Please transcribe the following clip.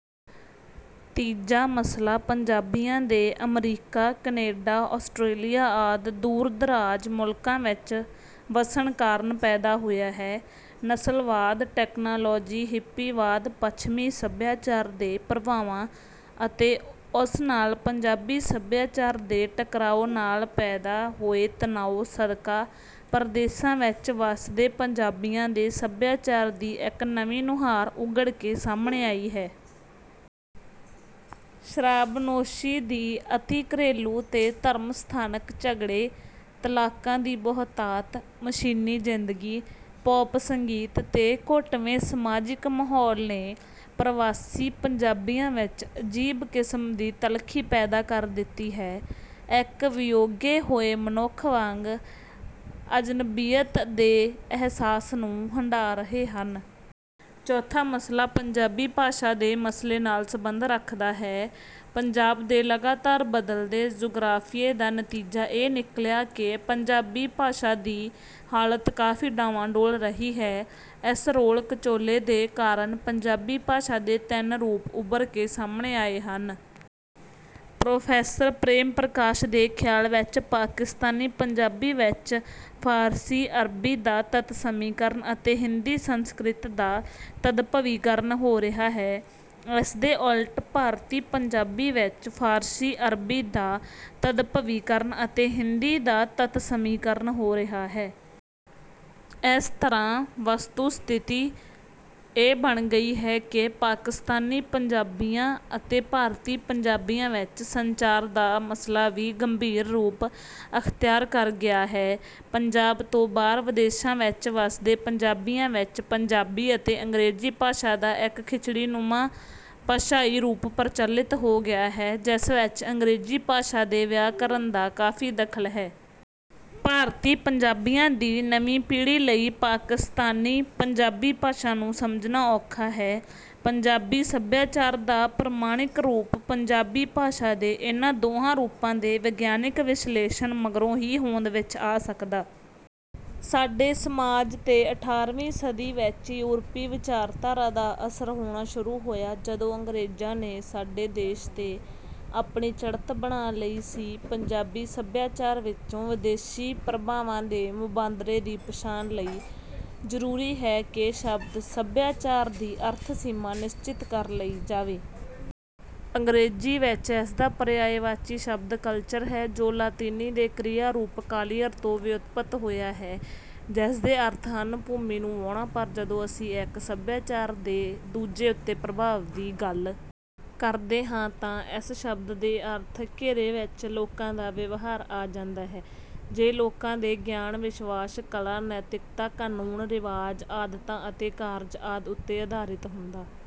ਤੀਜਾ ਮਸਲਾ ਪੰਜਾਬੀਆਂ ਦੇ ਅਮਰੀਕਾ, ਕੈਨੇਡਾ, ਆਸਟ੍ਰੇਲੀਆ ਆਦਿ ਦੂਰ-ਦਰਾਜ ਮੁਲਕਾਂ ਵਿੱਚ ਵਸਣ ਕਾਰਨ ਪੈਦਾ ਹੋਇਆ ਹੈ। ਨਸਲਵਾਦ, ਟੇਕਨਾਲੋਜੀ, ਹਿੱਪੀਵਾਦ, ਪੱਛਮੀ ਸਭਿਆਚਾਰ ਦੇ ਪ੍ਰਭਾਵਾਂ ਅਤੇ ਉਸ ਨਾਲ ਪੰਜਾਬੀ ਸਭਿਆਚਾਰ ਦੇ ਟਕਰਾਓ ਨਾਲ ਪੈਦਾ ਹੋਏ ਤਨਾਓ ਸਦਕਾ ਪ੍ਰਦੇਸਾਂ ਵਿੱਚ ਵਸਦੇ ਪੰਜਾਬੀਆਂ ਦੇ ਸਭਿਆਚਾਰ ਦੀ ਇੱਕ ਨਵੀਂ ਨੁਹਾਰ ਉਘੜ ਕੇ ਸਾਹਮਣੇ ਆਈ ਹੈ। ਸ਼ਰਾਬਨੋਸ਼ੀ ਦੀ ਅਤਿ, ਘਰੇਲੂ ਤੇ ਧਰਮ-ਸਥਾਨਕ ਝਗੜੇ, ਤਲਾਕਾਂ ਦੀ ਬਹੁਤਾਤ, ਮਸ਼ੀਨੀ ਜਿੰਦਗੀ, ਪੌਪ ਸੰਗੀਤ ਤੇ ਘੁਟਵੇਂ ਸਮਾਜਿਕ ਮਾਹੌਲ ਨੇ ਪ੍ਰਵਾਸੀ ਪੰਜਾਬੀਆਂ ਵਿੱਚ ਅਜੀਬ ਕਿਸਮ ਦੀ ਤਲਖੀ ਪੈਦਾ ਕਰ ਦਿੱਤੀ ਹੈ। ਇੱਕ ਵਿਯੋਗੇ ਹੋਏ ਮਨੁੱਖ ਵਾਂਗ ਅਜਨਬੀਅਤ ਦੇ ਅਹਿਸਾਸ ਨੂੰ ਹੰਢਾ ਰਹੇ ਹਨ। ਚੌਥਾ ਮਸਲਾ ਪੰਜਾਬੀ ਭਾਸ਼ਾ ਦੇ ਮਸਲੇ ਨਾਲ ਸਬੰਧ ਰੱਖਦਾ ਹੈ। ਪੰਜਾਬ ਦੇ ਲਗਾਤਾਰ ਬਦਲਦੇ ਜੁਗਰਾਫੀਏ ਦਾ ਨਤੀਜਾ ਇਹ ਨਿਕਲਿਆ ਕਿ ਪੰਜਾਬੀ ਭਾਸ਼ਾ ਦੀ ਹਾਲਤ ਕਾਫੀ ਡਾਂਵਾਂ-ਡੋਲ ਰਹੀ ਹੈ। ਇਸ ਰੋਲ-ਕਚੋਲੇ ਦੇ ਕਾਰਨ ਪੰਜਾਬੀ ਭਾਸ਼ਾ ਦੇ ਤਿੰਨ ਰੂਪ ਉਭਰ ਕੇ ਸਾਹਮਣੇ ਆਏ ਹਨ। ਪ੍ਰੋਫੈਸਰ ਪ੍ਰੇਮ ਪ੍ਰਕਾਸ਼ ਦੇ ਖਿਆਲ ਵਿੱਚ ਪਾਕਿਸਤਾਨੀ-ਪੰਜਾਬੀ ਵਿੱਚ ਫ਼ਾਰਸੀ, ਅਰਬੀ ਦਾ ਤਤਸਮੀਕਰਨ ਅਤੇ ਹਿੰਦੀ-ਸੰਸਕ੍ਰਿਤ ਦਾ ਤਦਭਵੀਕਰਨ ਹੋ ਰਿਹਾ ਹੈ। ਇਸਦੇ ਉਲਟ ਭਾਰਤੀ ਪੰਜਾਬੀ ਵਿੱਚ ਫ਼ਾਰਸੀ-ਅਰਬੀ ਦਾ ਤਦਭਵੀਕਰਨ ਅਤੇ ਹਿੰਦੀ ਦਾ ਤਤਸਮੀਕਰਨ ਹੋ ਰਿਹਾ ਹੈ। ਇਸ ਤਰ੍ਹਾਂ ਵਸਤੁ-ਸਥਿਤੀ ਇਹ ਬਣ ਗਈ ਹੈ ਕਿ ਪਾਕਿਸਤਾਨੀ ਪੰਜਾਬੀਆਂ ਅਤੇ ਭਾਰਤੀ ਪੰਜਾਬੀਆਂ ਵਿੱਚ ਸੰਚਾਰ ਦਾ ਮਸਲਾ ਵੀ ਗੰਭੀਰ ਰੂਪ ਅਖਤਿਆਰ ਕਰ ਗਿਆ ਹੈ। ਪੰਜਾਬ ਤੋਂ ਬਾਹਰ ਵਿਦੇਸ਼ਾਂ ਵਿੱਚ ਵਸਦੇ ਪੰਜਾਬੀਆਂ ਵਿੱਚ ਪੰਜਾਬੀ ਅਤੇ ਅੰਗ੍ਰੇਜ਼ੀ ਭਾਸ਼ਾ ਦਾ ਇੱਕ ਖਿਚੜੀ-ਨੁਮਾ ਭਾਸ਼ਾਈ ਰੂਪ ਪ੍ਰਚਲਿਤ ਹੋ ਗਿਆ ਹੈ, ਜਿਸ ਵਿੱਚ ਅੰਗ੍ਰੇਜ਼ੀ ਭਾਸ਼ਾ ਦੇ ਵਿਆਕਰਨ ਦਾ ਕਾਫੀ ਦਖਲ ਹੈ। ਭਾਰਤੀ ਪੰਜਾਬੀਆਂ ਦੀ ਨਵੀਂ ਪੀੜ੍ਹੀ ਲਈ ਪਾਕਿਸਤਾਨੀ ਪੰਜਾਬੀ ਭਾਸ਼ਾ ਨੂੰ ਸਮਝਣਾ ਔਖਾ ਹੈ। ਪੰਜਾਬੀ ਸਭਿਆਚਾਰ ਦਾ ਪ੍ਰਮਾਣਿਕ ਰੂਪ ਪੰਜਾਬੀ ਭਾਸ਼ਾ ਦੇ ਇਹਨਾਂ ਦੋਹਾਂ ਰੂਪਾਂ ਦੇ ਵਿਗਿਆਨਕ ਵਿਸ਼ਲੇਸ਼ਣ ਮਗਰੋਂ ਹੀ ਹੋਂਦ ਵਿੱਚ ਆ ਸਕਦਾ। ਸਾਡੇ ਸਮਾਜ ਤੇ ਅਠਾਰ੍ਹਵੀਂ ਸਦੀ ਵਿੱਚ ਯੂਰਪੀ ਵਿਚਾਰਧਾਰਾ ਦਾ ਅਸਰ ਹੋਣਾ ਸ਼ੁਰੂ ਹੋਇਆ, ਜਦੋਂ ਅੰਗਰੇਜ਼ਾਂ ਨੇ ਸਾਡੇ ਦੇਸ਼ ਤੇ ਆਪਣੀ ਚੜ੍ਹਤ ਬਣਾ ਲਈ ਸੀ। ਪੰਜਾਬੀ ਸੱਭਿਆਚਾਰ ਵਿੱਚੋਂ ਵਿਦੇਸ਼ੀ ਪ੍ਰਭਾਵਾਂ ਦੇ ਮੁਬਾਂਦਰੇ ਦੀ ਪਛਾਣ ਲਈ ਜ਼ਰੂਰੀ ਹੈ ਕਿ ਸ਼ਬਦ 'ਸੱਭਿਆਚਾਰ' ਦੀ ਅਰਥ-ਸੀਮਾ ਨਿਸ਼ਚਿਤ ਕਰ ਲਈ ਜਾਵੇ। ਅੰਗਰੇਜ਼ੀ ਵਿੱਚ ਇਸਦਾ ਪਰਿਆਇਵਾਚੀ ਸ਼ਬਦ 'ਕਲਚਰ' ਹੈ ਜੋ ਲਾਤਿਨੀ ਦੇ ਕ੍ਰਿਆ-ਰੂਪ 'ਕਾਲੀਅਰ' ਤੋਂ ਵਿਉਤਪਤ ਹੋਇਆ ਹੈ, ਜਿਸਦੇ ਅਰਥ ਹਨ ਭੂਮੀ ਨੂੰ ਵਾਹੁਣਾ। ਪਰ ਜਦੋਂ ਅਸੀਂ ਇੱਕ ਸਭਿਆਚਾਰ ਦੇ ਦੂਜੇ ਉੱਤੇ ਪ੍ਰਭਾਵ ਦੀ ਗੱਲ ਕਰਦੇ ਹਾਂ, ਤਾਂ ਇਸ ਸ਼ਬਦ ਦੇ ਅਰਥ-ਘੇਰੇ ਵਿੱਚ ਲੋਕਾਂ ਦਾ ਵਿਵਹਾਰ ਆ ਜਾਂਦਾ ਹੈ, ਜੋ ਲੋਕਾਂ ਦੇ ਗਿਆਨ, ਵਿਸ਼ਵਾਸ, ਕਲਾ, ਨੈਤਿਕਤਾ, ਕਾਨੂੰਨ, ਰਿਵਾਜ਼, ਆਦਤਾਂ, ਅਤੇ ਕਾਰਜ ਆਦਿ ਉੱਤੇ ਆਧਾਰਿਤ ਹੁੰਦਾ